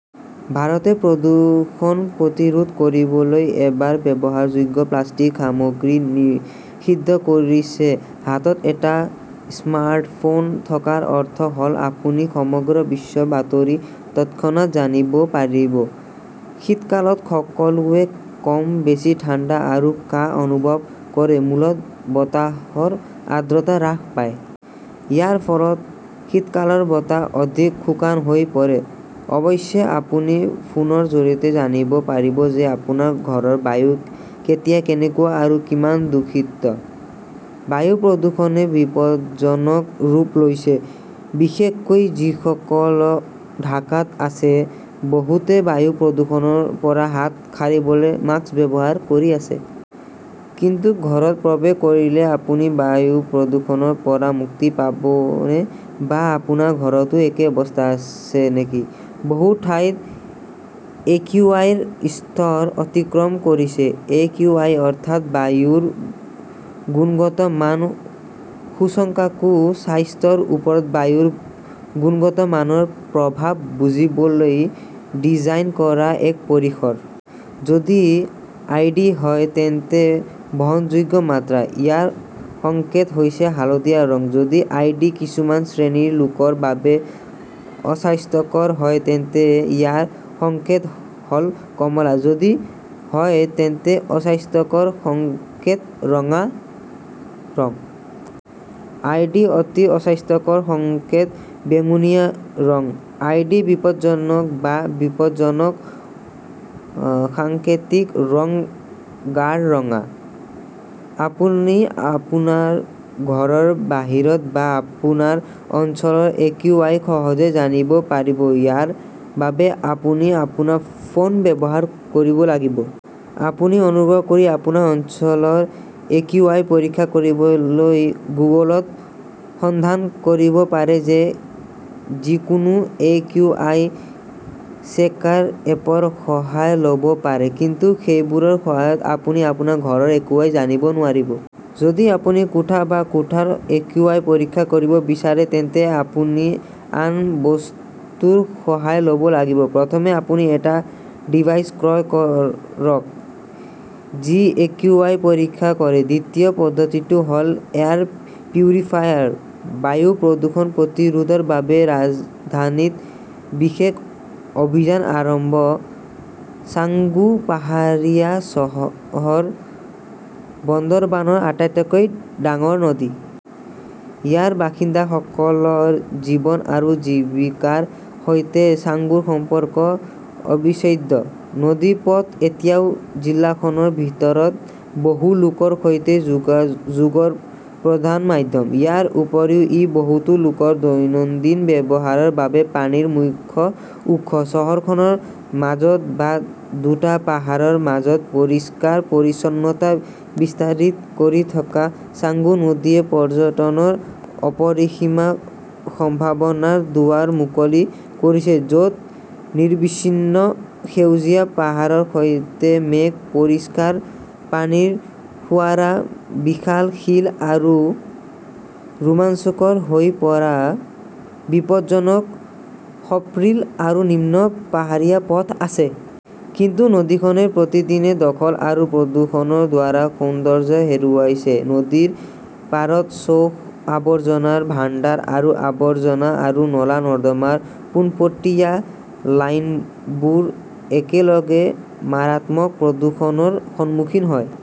ভাৰতে প্ৰদূষণ প্ৰতিৰোধ কৰিবলৈ এবাৰ ব্যৱহাৰযোগ্য প্লাষ্টিক সামগ্ৰী নিষিদ্ধ কৰিছে হাতত এটা স্মাৰ্টফোন থকাৰ অৰ্থ হ'ল আপুনি সমগ্ৰ বিশ্বৰ বাতৰি তৎক্ষণাত জানিব পাৰিব। শীতকালত সকলোৱে কম বেছি ঠাণ্ডা আৰু কাহ অনুভৱ কৰে। মূলতঃ বতাহৰ আৰ্দ্ৰতা হ্ৰাস পায়। ইয়াৰ ফলত শীতকালৰ বতাহ অধিক শুকান হৈ পৰে। অৱশ্যে, আপুনি ফোনৰ জৰিয়তে জানিব পাৰিব যে আপোনাৰ ঘৰৰ বায়ু কেতিয়া কেনেকুৱা আৰু কিমান দূষিত। বায়ু প্ৰদূষণে বিপদজনক ৰূপ লৈছে। বিশেষকৈ যিসকল ঢাকাত আছে। বহুতে বায়ু প্ৰদূষণৰ পৰা হাত সাৰিবলৈ মাস্ক ব্যৱহাৰ কৰি আছে। কিন্তু ঘৰত প্ৰৱেশ কৰিলেও আপুনি বায়ু প্ৰদূষণৰ পৰা মুক্তি পাবনে? বা আপোনাৰ ঘৰতো একেই অৱস্থা আছে নেকি? বহু ঠাইত একিউআইৰ স্তৰ অতিক্ৰম কৰিছে। এ. কিউ. আই. অৰ্থাৎ বায়ুৰ গুণগত মান সূচকাংকো স্বাস্থ্যৰ ওপৰত বায়ুৰ গুণগত মানৰ প্ৰভাৱ বুজিবলৈ ডিজাইন কৰা এক পৰিসৰ। যদি আই. ডি. হয় তেন্তে বহনযোগ্য মাত্ৰা। ইয়াৰ সংকেত হৈছে হালধীয়া ৰং। যদি আই. ডি. কিছুমান শ্ৰেণীৰ লোকৰ বাবে অস্বাস্থ্যকৰ হয়, তেন্তে ইয়াৰ সংকেত হ 'ল কমলা। যদি হয় তেন্তে অস্বাস্থ্যকৰ, সংকেত ৰঙা ৰং। আই. ডি. অতি অস্বাস্থ্যকৰ, সংকেত বেঙুনীয়া ৰং। আই. ডি. বিপদজনক বা বিপদজনক, সাংকেতিক ৰং গাঢ় ৰঙা। আপুনি আপোনাৰ ঘৰৰ বাহিৰত বা আপোনাৰ অঞ্চলৰ একিউআই সহজে জানিব পাৰিব। ইয়াৰ বাবে আপুনি আপোনাৰ ফোন ব্যৱহাৰ কৰিব লাগিব। আপুনি অনুগ্ৰহ কৰি আপোনাৰ অঞ্চলৰ এ. কিউ. আই. পৰীক্ষা কৰিবলৈ গুগলত সন্ধান কৰিব পাৰে বা যিকোনো এ. কিউ. আই. চেকাৰ এপৰ সহায় ল 'ব পাৰে। কিন্তু সেইবোৰৰ সহায়ত আপুনি আপোনাৰ ঘৰৰ একিউআই জানিব নোৱাৰিব। যদি আপুনি কোঠা বা কোঠাৰ একিউআই পৰীক্ষা কৰিব বিচাৰে, তেন্তে আপুনি আন বস্তুৰ সহায় ল 'ব লাগিব। প্ৰথমে আপুনি এটা ডিভাইচ ক্ৰয় কৰক যি একিউআই পৰীক্ষা কৰে। দ্বিতীয় পদ্ধতিটো হ'ল এয়াৰ পিউৰিফায়াৰ। বায়ু প্ৰদূষণ প্ৰতিৰোধৰ বাবে ৰাজধানীত বিশেষ অভিযান আৰম্ভ ছাংগু পাহাৰীয়া চহৰ বন্দৰবানৰ আটাইতকৈ ডাঙৰ নদী। ইয়াৰ বাসিন্দাসকলৰ জীৱন আৰু জীৱিকাৰ সৈতে ছাংগুৰ সম্পৰ্ক অবিচ্ছেদ্য। নদীপথ এতিয়াও জিলাখনৰ ভিতৰত বহু লোকৰ সৈতে যোগাযোগৰ প্ৰধান মাধ্যম। ইয়াৰ উপৰিও ই বহুতো লোকৰ দৈনন্দিন ব্যৱহাৰৰ বাবে পানীৰ মুখ্য উৎস। চহৰখনৰ মাজত বা দুটা পাহাৰৰ মাজত পৰিষ্কাৰ-পৰিচ্ছন্নতা বিস্তাৰিত কৰি থকা ছাংগু নদীয়ে পৰ্যটনৰ অপৰিসীম সম্ভাৱনাৰ দুৱাৰ মুকলি কৰিছে, য 'ত নিৰবিচ্ছিন্ন সেউজীয়া পাহাৰৰ সৈতে মেঘ, পৰিষ্কাৰ পানীৰ ফোঁৱাৰা, বিশাল শিল আৰু ৰোমাঞ্চকৰ হৈ পৰা বিপদজনক সৰ্পিল আৰু নিম্ন পাহাৰীয়া পথ আছে। কিন্তু নদীখনে প্ৰতিদিনে দখল আৰু প্ৰদূষণৰ দ্বাৰা সৌন্দৰ্য হেৰুৱাইছে। নদীৰ পাৰত শৌচ, আৱৰ্জনাৰ ভাণ্ডাৰ আৰু আৱৰ্জনা আৰু নলা-নৰ্দমাৰ পোনপটীয়া লাইনবোৰ একেলগে মাৰাত্মক প্ৰদূষণৰ সন্মুখীন হয়।